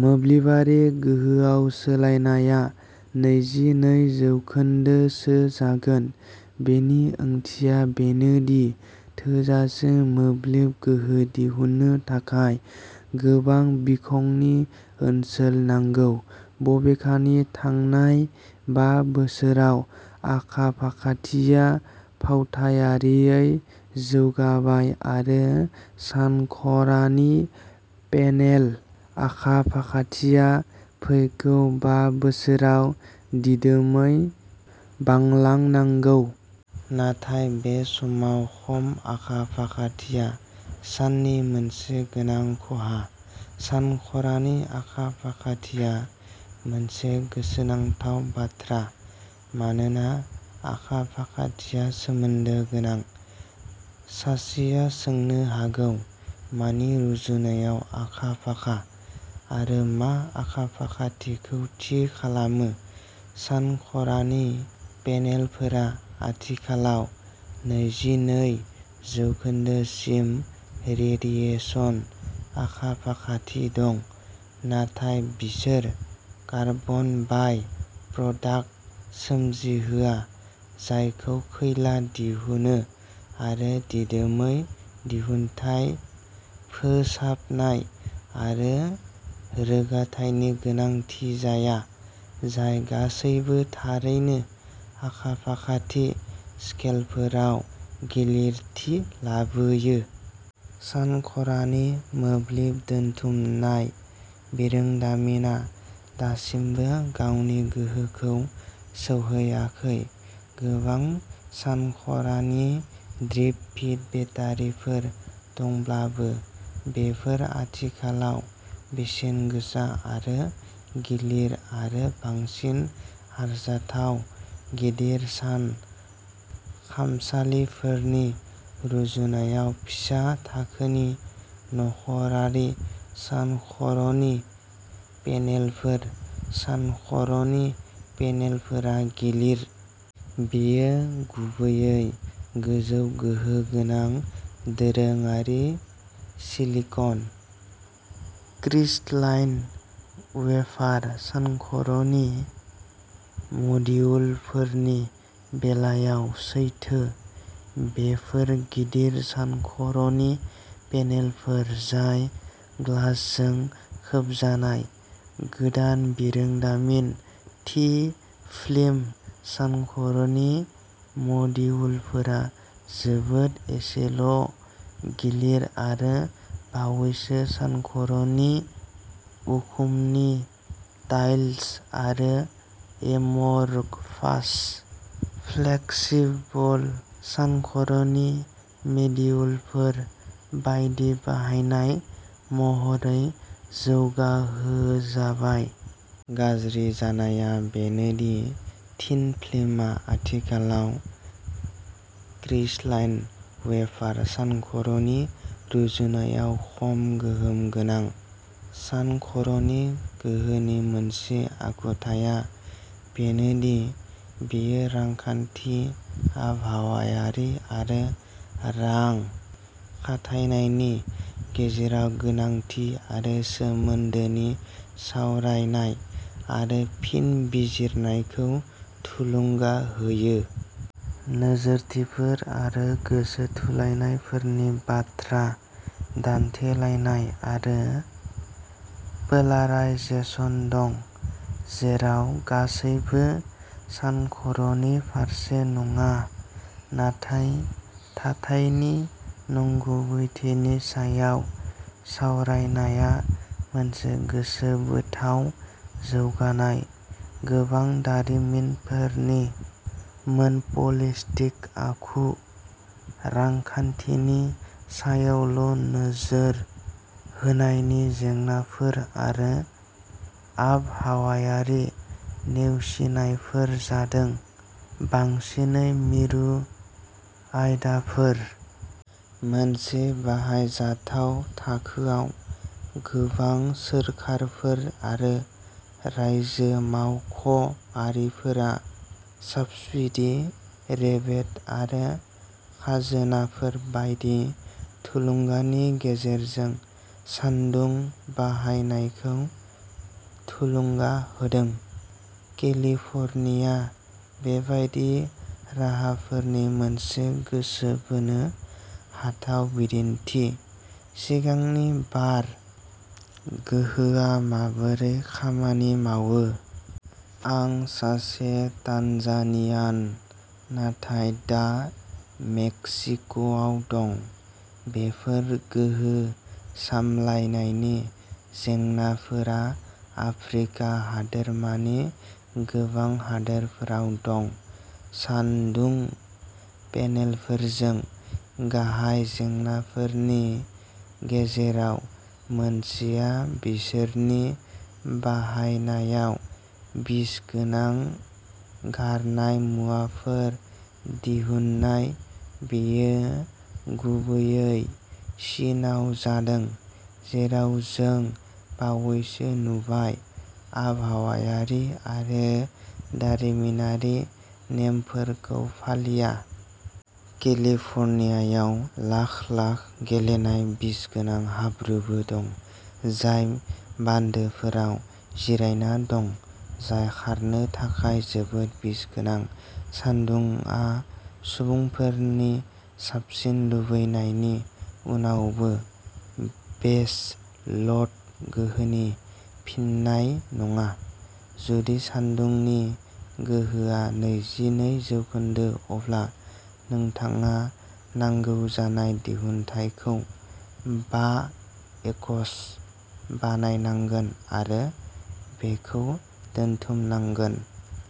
मोब्लिबारि गोहोआव सोलायनाया नैजि नै जौखोन्दो सो जागोन। बेनि ओंथिया बेनो दि थोजासे मोब्लिब गोहो दिहुननो थाखाय गोबां बिखंनि ओनसोल नांगौ। बबेखानि थांनाय बा बोसोराव आखा-फाखाथिया फावथायारियै जौगाबाय आरो सानखरानि पेनेल आखा-फाखाथिया फैगौ बा बोसोराव दिदोमै बांलांनांगौ। नाथाय बे समाव खम आखा-फाखाथिया साननि मोनसे गोनां खहा। सानखरानि आखा-फाखाथिया मोनसे गोसोनांथाव बाथ्रा। मानोना आखा-फाखाथिया सोमोन्दो गोनां। सासेया सोंनो हागौ मानि रुजुनायाव आखा-फाखा? आरो मा आखा-फाखाथिखौ थि खालामो? सानखरानि पेनेलफोरा आथिखालाव नैजि नै जौखोन्दो सिम रेडिएसन आखा-फाखाथि दं नाथाय बिसोर कार्बन बाइ प्रडाक्ट सोमजिहोआ जायखौ खैला दिहुनो आरो दिदोमै दिहुनथाय फोसाबनाय आरो रोगाथायनि गोनांथि जाया जाय गासैबो थारैनो आखा-फाखाथि स्केलफोराव गिलिरथि लाबोयो। सानखरानि मोब्लिब दोनथुमनाय बिरोंदामिनआ दासिमबो गावनि गोहोखौ सौहैयाखै। गोबां सानखरानि ड्रिप फीड बेटारिफोर दंब्लाबो बेफोर आथिखालाव बेसेन गोसा आरो गिलिर आरो बांसिन आरजाथाव। गिदिर सान खामसालिफोरनि रुजुनायाव फिसा थाखोनि न'खरारि सानखर'नि पेनेलफोर। सानखर'नि पेनेलफोरा गिलिर। बेयो गुबैयै गोजौ गोहो गोनां दोरोङारि सिलिकन क्रिस्टलाइन वेफार सानखर'नि मडिउलफोरनि बेलायाव सैथो। बेफोर गिदिर सानखर'नि पेनेलफोर जाय ग्लासजों खोबजानाय। गोदान बिरोंदामिन थिन फिल्म सानखर'नि मडिउलफोरा जोबोद एसेल'गिलिर आरो बावैसो सानखर'नि उखुमनि टाइल्स आरो एम'रफास फ्लेक्सिबल सानखर'नि मडिउलफोर बायदि बाहायनाय महरै जौगाहोजाबाय। गाज्रि जानायआ बेनो दि थिन फिल्मआ आथिखालाव क्रिस्टलाइन वेफार सानखर'नि रुजुनायाव खम गोहोम गोनां। सानखर'नि गोहोनि मोनसे आखुथाया बेनो दि बेयो रांखान्थि आबहावायारि आरो रां खाथायनायनि गेजेराव गोनांथि आरो सोमोन्दोनि सावरायनाय आरो फिन बिजिरनायखौ थुलुंगा होयो। नोजोरथिफोर आरो गोसोथुलायनायफोरनि बाथ्रा दान्थेलायनाय आरो पोलाराइजेसन दं। जेराव गासैबो सानखर'नि फारसे नङा नाथाय थाथायनि नंगुबैथिनि सायाव सावरायनायआ मोनसे गोसोबोथाव जौगानाय। गोबां दारिमिनफोरनि मोनप'लिष्टिक आखु रांखान्थिनि सायावल' नोजोर होनायनि जेंनाफोर आरो आबहावायारि नेवसिनायफोरा जादों बांसिनै मिरु आयदाफोर। मोनसे बाहायजाथाव थाखोआव गोबां सोरखारफोर आरो रायजो मावख'आरिफोरा साब्सिडी रिबेट आरो खाजोनाफोर बायदि थुलुंगानि गेजेरजों सानदुं बाहायनायखौ थुलुंगा होदों। केलिफ'रनिया बेबादि राहाफोरनि मोनसे गोसो बोनो हाथाव बिदिन्थि। सिगांनि बार गोहोआ माबोरै खामानि मावो? आं सासे तानजानियान नाथाय दा मेक्सिक'आव दं। बेफोर गोहो सामलायनायनि जेंनाफोरा आफ्रिका हादोरमानि गोबां हादोरफोराव दं। सानदुं पेनेलफोरजों गाहाय जेंनाफोरनि गेजेराव मोनसेआ बिसोरनि बानायनायाव बिसगोनां गारनाय मुवाफोर दिहुन्नाय। बेयो गुबैयै चीनआव जादों जेराव जों बावैसो नुबाय आबहावायारि आरो दारिमिनारि नेमफोरखौ फालिया। केलिफ'रनियायाव लाख-लाख गेलन बिसगोनां हाब्रुबो दं जाय बान्दोफोराव जिरायना दं जाय खारनो थाखाय जोबोद बिसगोनां। सानदुंआ सुबुंफोरनि साबसिन लुबैनायनि उनावबो बेस ल'ड गोहोनि फिननाय नङा। जुदि सानदुंनि गोहोआ नैजि नै जौखोन्दो अब्ला नोंथाङा नांगौ जानाय दिहुनथाइखौ बा एकस बानायनांगोन आरो बैखौ दोनथुमनांगोन।